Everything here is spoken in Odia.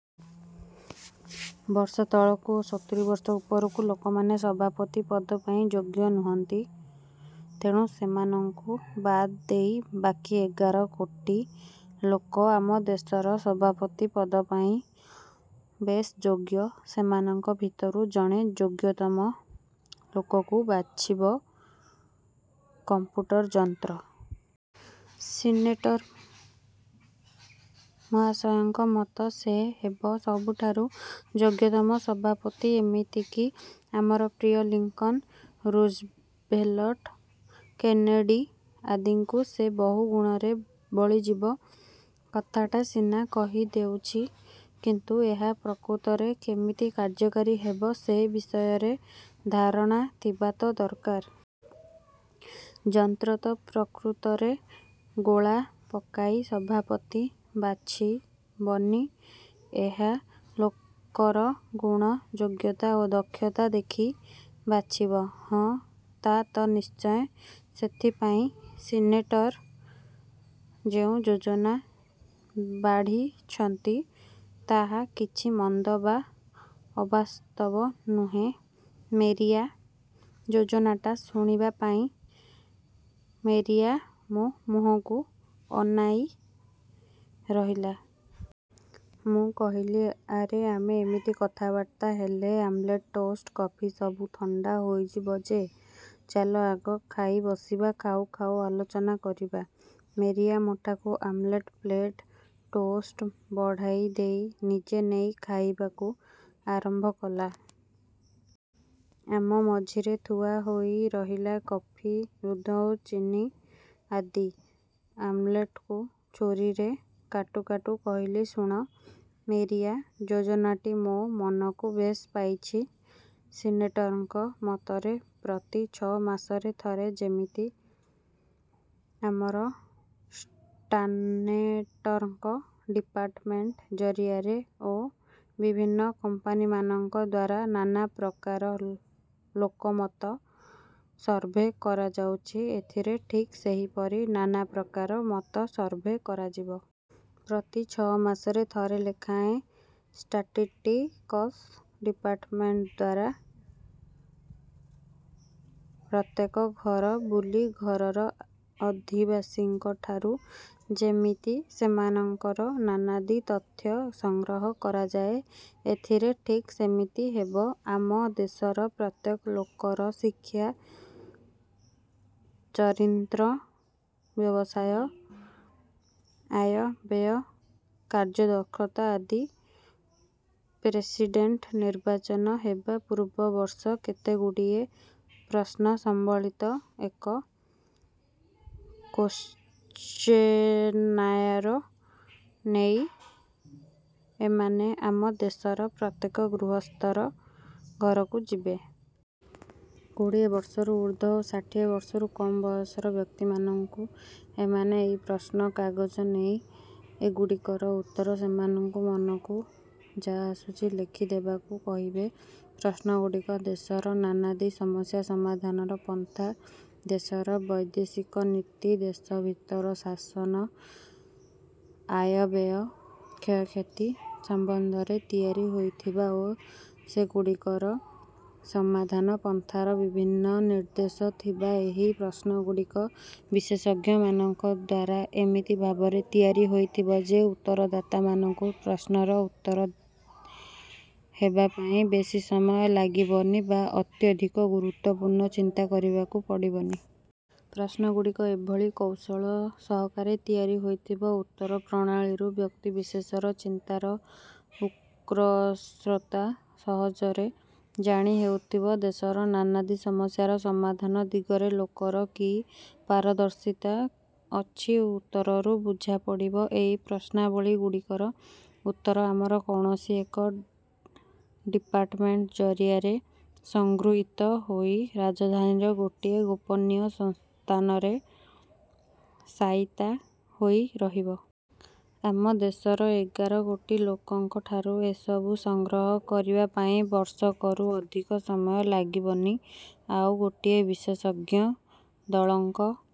ବର୍ଷ ତଳକୁ ଓ ସତୁରୀ ବର୍ଷ ଉପରକୁ ଲୋକମାନେ ସଭାପତି ପଦ ପାଇଁ ଯୋଗ୍ୟ ନୁହନ୍ତି। ତେଣୁ ସେମାନଙ୍କୁ ବାଦ ଦେଇ ବାକି ଏଗାର କୋଟି ଲୋକ ଆମ ଦେଶର ସଭାପତି ପଦପାଇଁ ବେଶ ଯୋଗ୍ୟ। ସେମାନଙ୍କ ଭିତରୁ ଜଣେ ଯୋଗ୍ୟତମ ଲୋକକୁ ବାଛିବ କମ୍ପ୍ୟୁଟର ଯନ୍ତ୍ର। ସିନେଟର ମହାଶୟଙ୍କ ମତ, ସେ ହେବ ସବୁଠାରୁ ଯୋଗ୍ୟତମ ସଭାପତି। ଏମିତିକି ଆମର ପ୍ରିୟ ଲିଙ୍କନ, ରୁଜଭେଲଟ୍, କେନେଡ଼ି ଆଦିଙ୍କୁ ସେ ବହୁ ଗୁଣରେ ବଳିଯିବ। କଥାଟା ସିନା କହିଦେଉଛି; କିନ୍ତୁ ଏହା ପ୍ରକୃତରେ କେମିତି କାର୍ଯ୍ୟକାରୀ ହେବ, ସେ ବିଷୟରେ ଧାରଣା ଥିବା ତ ଦରକାର। ଯନ୍ତ୍ର ତ ପ୍ରକୃତରେ ଗୋଳା ପକାଇ ସଭାପତି ବାଛିବନି। ଏହା ଲୋକର ଗୁଣ, ଯୋଗ୍ୟତା ଓ ଦକ୍ଷତା ଦେଖି ବାଛିବ। ହଁ, ତା ତ ନିଶ୍ଚୟ। ସେଥିପାଇଁ ସିନେଟର ଯେଉଁ ଯୋଜନା ବାଢ଼ିଛନ୍ତି ତାହା କିଛି ମନ୍ଦ ବା ଅବାସ୍ତବ ନୁହେଁ ମେରିଆ। ଯୋଜନାଟା ଶୁଣିବା ପାଇଁ ମେରିଆ ମୋ ମୁହଁକୁ ଆନାଇ ରହିଲା। ମୁଁ କହିଲି, ଆରେ ଆମେ ଏମିତି କଥାବାର୍ତ୍ତା ହେଲେ ଆମଲେଟ, ଟୋଷ୍ଟ, କଫି ସବୁ ଥଣ୍ଡା ହୋଇଯିବ ଯେ। ଚାଲ ଆଗ ଖାଇ ବସିବା, ଖାଉ ଖାଉ ଆଲୋଚନା କରିବା। ମେରିଆ ମୋଠାକୁ ଆମଲେଟ ପ୍ଲେଟ, ଟୋଷ୍ଟ ବଢ଼ାଇଦେଇ ନିଜେ ନେଇ ଖାଇବାକୁ ଆରମ୍ଭ କଲା। ଆମ ମଝିରେ ଥୁଆ ହୋଇ ରହିଲା କଫି, ଦୁଧ ଓ ଚିନି ଆଦି। ଆମଲେଟକୁ ଛୁରୀରେ କାଟୁ କାଟୁ କହିଲି, ଶୁଣ ମେରିଆ, ଯୋଜନାଟି ମୋ ମନକୁ ବେଶ ପାଇଛି। ସିନେଟରଙ୍କ ମତରେ ପ୍ରତି ଛ ମାସରେ ଥରେ ଯେମିତି ଆମର ଷ୍ଟାନେଟରଙ୍କ ଡିପାର୍ଟମେଣ୍ଟ ଜରିଆରେ ଓ ବିଭିନ୍ନ କମ୍ପାନୀମାନଙ୍କ ଦ୍ୱାରା ନାନା ପ୍ରକାର ଲୋକମତ ସର୍ଭେ କରାଯାଉଛି, ଏଥିରେ ଠିକ୍ ସେହିପରି ନାନାପ୍ରକାର ମତ ସର୍ଭେ କରାଯିବ। ପ୍ରତି ଛ ମାସରେ ଥରେ ଲେଖାଁଏ ଷ୍ଟାଟିଟିକସ ଡିପାର୍ଟମାଣ୍ଟ ଦ୍ୱାରା ପ୍ରତ୍ୟେକ ଘର ବୁଲି ଘରର ଅଧିବାସୀଙ୍କଠାରୁ ଯେମିତି ସେମାନଙ୍କର ନାନାଦି ତଥ୍ୟ ସଂଗ୍ରହ କରାଯାଏ, ଏଥିରେ ଠିକ୍ ସେମିତି ହେବ। ଆମ ଦେଶର ପ୍ରତ୍ୟେକ ଲୋକର ଶିକ୍ଷା, ଚରିନ୍ତ୍ର, ବ୍ୟବସାୟ, ଆୟ, ବ୍ୟୟ, କାର୍ଯ୍ୟଦକ୍ଷତା ଆଦି ପ୍ରେସିଡେଣ୍ଟ ନିର୍ବାଚନ ହେବା ପୂର୍ବ ବର୍ଷ କେତେଗୁଡ଼ିଏ ପ୍ରଶ୍ନସମ୍ବଳିତ ଏକ କୋଶ୍ଚେନାୟାର ନେଇ ଏମାନେ ଆମ ଦେଶର ପ୍ରତ୍ୟେକ ଗୃହସ୍ଥର ଘରକୁ ଯିବେ। କୋଡ଼ିଏ ବର୍ଷରୁ ଊର୍ଦ୍ଧ୍ୱ ଓ ଷାଠିଏ ବର୍ଷରୁ କମ୍ ବୟସର ବ୍ୟକ୍ତିମାନଙ୍କୁ ଏମାନେ ଏଇ ପ୍ରଶ୍ନ କାଗଜ ନେଇ, ଏଗୁଡ଼ିକର ଉତ୍ତର ସେମାନଙ୍କୁ ମନକୁ ଯା ଆସୁଛି ଲେଖି ଦେବାକୁ କହିବେ। ପ୍ରଶ୍ନଗୁଡ଼ିକ ଦେଶର ନାନାଦି ସମସ୍ୟା ସମାଧାନର ପନ୍ଥା,। ଦେଶର ବୈଦେଶିକ ନୀତି, ଦେଶ ଭିତର ଶାସନ, ଆୟବ୍ୟୟ କ୍ଷୟକ୍ଷତି ସମ୍ବନ୍ଧରେ ତିଆରି ହୋଇଥିବ ଓ ସେଗୁଡ଼ିକର ସମାଧାନ ପନ୍ଥାର ବିଭିନ୍ନ ନିର୍ଦ୍ଦେଶ ଥିବା ଏହି ପ୍ରଶ୍ନଗୁଡ଼ିକ ବିଶେଷଜ୍ଞମାନଙ୍କ ଦ୍ୱାରା ଏମିତି ଭାବରେ ତିଆରି ହୋଇଥିବ ଯେ, ଉତ୍ତରଦାତାମାନଙ୍କୁ ପ୍ରଶ୍ନର ଉତ୍ତର ହେବା ପାଇଁ ବେଶୀ ସମୟ ଲାଗିବନି ବା ଅତ୍ୟଧିକ ଗୁରୁତ୍ୱପୂର୍ଣ୍ଣ ଚିନ୍ତା କରିବାକୁ ପଡ଼ିବନି। ପ୍ରଶ୍ନଗୁଡ଼ିକ ଏଭଳି କୌଶଳ ସହକାରେ ତିଆରି ହୋଇଥିବ, ଉତ୍ତର ପ୍ରଣାଳୀରୁ ବ୍ୟକ୍ତି ବିଶେଷର ଚିନ୍ତାର ଉତ୍କର୍ଷତା ସହଜରେ ଜାଣି ହେଉଥିବ। ଦେଶର ନାନାଦି ସମସ୍ୟାର ସମାଧାନ ଦିଗରେ ଲୋକର କି ପାରଦର୍ଶିତା ଅଛି, ଉତ୍ତରରୁ ବୁଝା ପଡ଼ିବ। ଏଇ ପ୍ରଶ୍ନାବଳୀ ଗୁଡ଼ିକର ଉତ୍ତର ଆମର କୌଣସି ଏକ ଡିପାର୍ଟମେଣ୍ଟ ଜରିଆରେ ସଂଗୃହୀତ ହୋଇ ରାଜଧାନୀର ଗୋଟିଏ ଗୋପନୀୟ ସ୍ଥାନରେ ସାଇତା ହୋଇ ରହିବ। ଆମ ଦେଶର ଏଗାର କୋଟି ଲୋକଙ୍କଠାରୁ ଏ ସବୁ ସଂଗ୍ରହ କରିବା ପାଇଁ ବର୍ଷକରୁ ଅଧିକ ସମୟ ଲାଗିବନି। ଆଉ ଗୋଟିଏ ବିଶେଷଜ୍ଞ ଦଳଙ୍କ